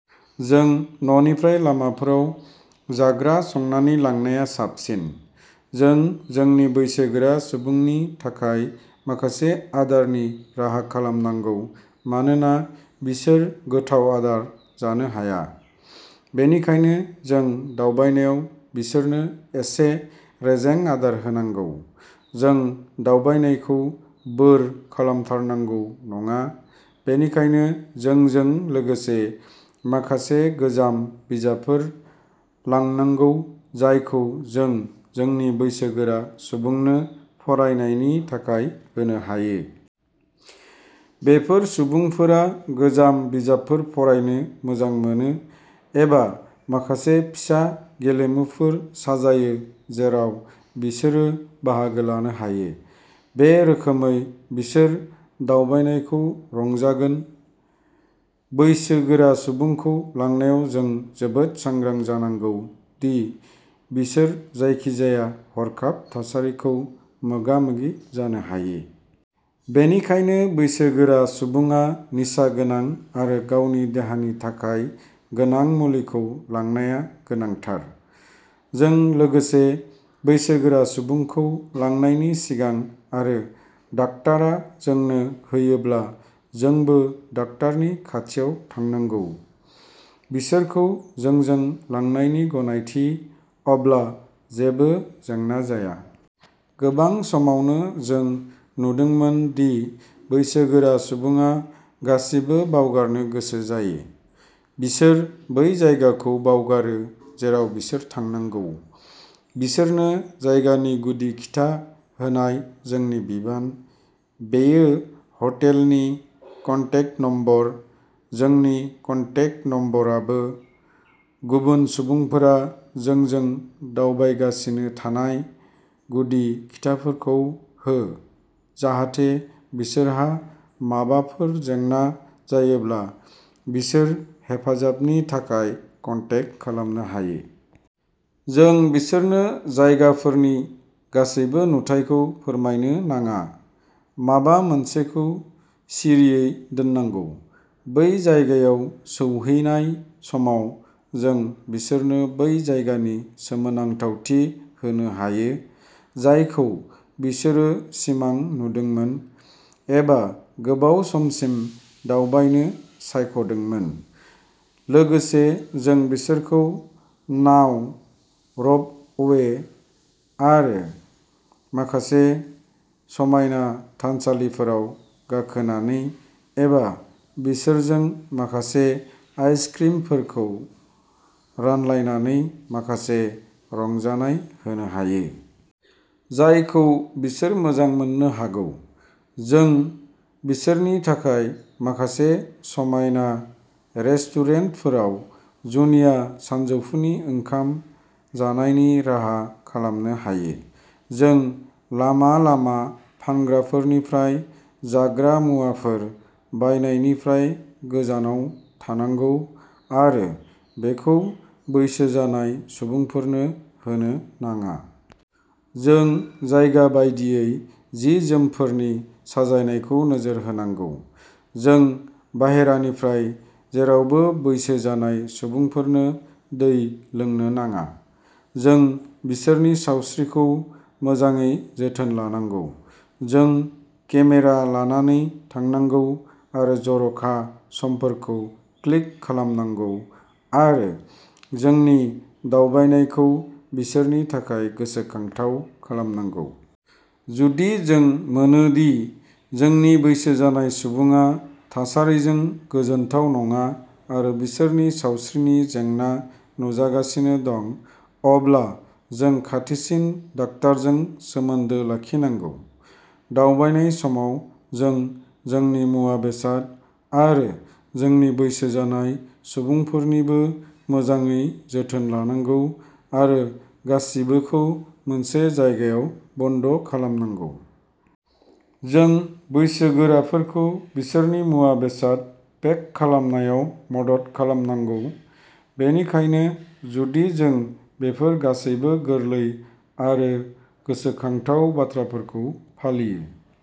जों न'निफ्राय लामाफोराव जाग्रा संनानै लांनाया साबसिन। जों जोंनि बैसो गोरा सुबुंनि थाखाय माखासे आदारनि राहा खालामनांगौ मानोना बिसोर गोथाव आदार जानो हाया। बेनिखायनो जों दावबायनायाव बिसोरनो एसे रेजें आदार होनांगौ। जों दावबायनायखौ बोर खालामथारनांगौ नङा, बेनिखायनो जोंजों लोगोसे माखासे गोजाम बिजाबफोर लांनांगौ जायखौ जों जोंनि बैसो गोरा सुबुंनो फरायनायनि थाखाय होनो हायो। बेफोर सुबुंफोरा गोजाम बिजाबफोर फरायनो मोजां मोनो एबा माखासे फिसा गेलेमुफोर साजायो जेराव बिसोरो बाहागो लानो हायो। बे रोखोमै बिसोर दावबायनायखौ रंजागोन। बैसो गोरा सुबुंखौ लांनायाव जों जोबोद सांग्रां जानांगौ दि बिसोर जायखिजाया हरखाब थासारिखौ मोगा-मोगि जानो हायो। बेनिखायनो बैसो गोरा सुबुङा निसा गोनां आरो गावनि देहानि थाखाय गोनां मुलिखौ लांनाया गोनांथार। जों लोगोसे बैसो गोरा सुबुंखौ लांनायनि सिगां आरो डाक्टारा जोंनो होयोब्ला जोंबो डाक्टारनि खाथियाव थांनांगौ। बिसोरखौ जोंजों लांनायनि गनायथि, अब्ला जेबो जेंना जाया। गोबां समावनो जों नुदोंमोन दि बैसोगोरा सुबुङा गासिबो बावगारनो गोसो जायो। बिसोर बै जायगाखौ बावगारो जेराव बिसोर थांनांगौ। बिसोरनो जायगानि गुदि खिथा होनाय जोंनि बिबान, बेयो हटेलनि कन्टेक नम्बर, जोंनि कन्टेक नम्बराबो, गुबुन सुबुंफोरा जोंजों दावबायगासिनो थानाय गुदि खिथाफोरखौ हो, जाहाथे बिसोरहा माबाफोर जेंना जायोब्ला बिसोर हेफाजाबनि थाखाय कन्टेक खालामनो हायो। जों बिसोरनो जायगाफोरनि गासैबो नुथायखौ फोरमायनो नाङा। माबा मोनसेखौ सिरियै दोननांगौ। बै जायगायाव सौहैनाय समाव जों बिसोरनो बै जायगानि सोमोनांथावथि होनो हायो, जायखौ बिसोरो सिमां नुदोंमोन एबा गोबाव समसिम दावबायनो सायख'दोंमोन। लोगोसे जों बिसोरखौ नाव, र'पअवे आरो माखासे समायना थानसालिफोराव गाखोनानै एबा बिसोरजों माखासे आइस-क्रिमफोरखौ रानलायनानै माखासे रंजानाय होनो हायो। जायखौ बिसोर मोजां मोननो हागौ। जों बिसोरनि थाखाय माखासे समायना रेस्टुरेन्टफोराव जुनिया सानजौफुनि ओंखाम जानायनि राहा खालामनो हायो। जों लामा-लामा फानग्राफोरनिफ्राय जाग्रा मुवाफोर बायनायनिफ्राय गोजानाव थानांगौ आरो बेखौ बैसो जानाय सुबुंफोरनो होनो नाङा। जों जायगा बायदियै जि-जोमफोरनि साजायनायखौ नोजोर होनांगौ। जों बाहेरानिफ्राय जेरावबो बैसो जानाय सुबुंफोरनो दै लोंनो नाङा। जों बिसोरनि सावस्रिखौ मोजाङै जोथोन लानांगौ। जों केमेरा लानानै थांनांगौ आरो जर'खा समफोरखौ क्लिक खालामनांगौ आरो जोंनि दावबायनायखौ बिसोरनि थाखाय गोसोखांथाव खालामनांगोन। जुदि जों मोनोदि जोंनि बैसो जानाय सुबुङा थासारिजों गोजोनथाव नङा आरो बिसोरनि सावस्रिनि जेंना नुजागासिनो दं, अब्ला जों खाथिसिन डाक्टारजों सोमोन्दो लाखिनांगौ। दावबायनाय समाव जों जोंनि मुवा-बेसाद आरो जोंनि बैसो जानाय सुबुंफोरनिबो मोजाङै जोथोन लानांगौ आरो गासिबोखौ मोनसे जायगायाव बन्द खालामनांगौ। जों बैसोगोराफोरखौ बिसोरनि मुवा-बेसाद पेक खालामनायाव मदद खालामनांगौ। बेनिखायनो जुदि जों बेफोर गासैबो गोरलै आरो गोसोखांथाव बाथ्राफोरखौ फालियो।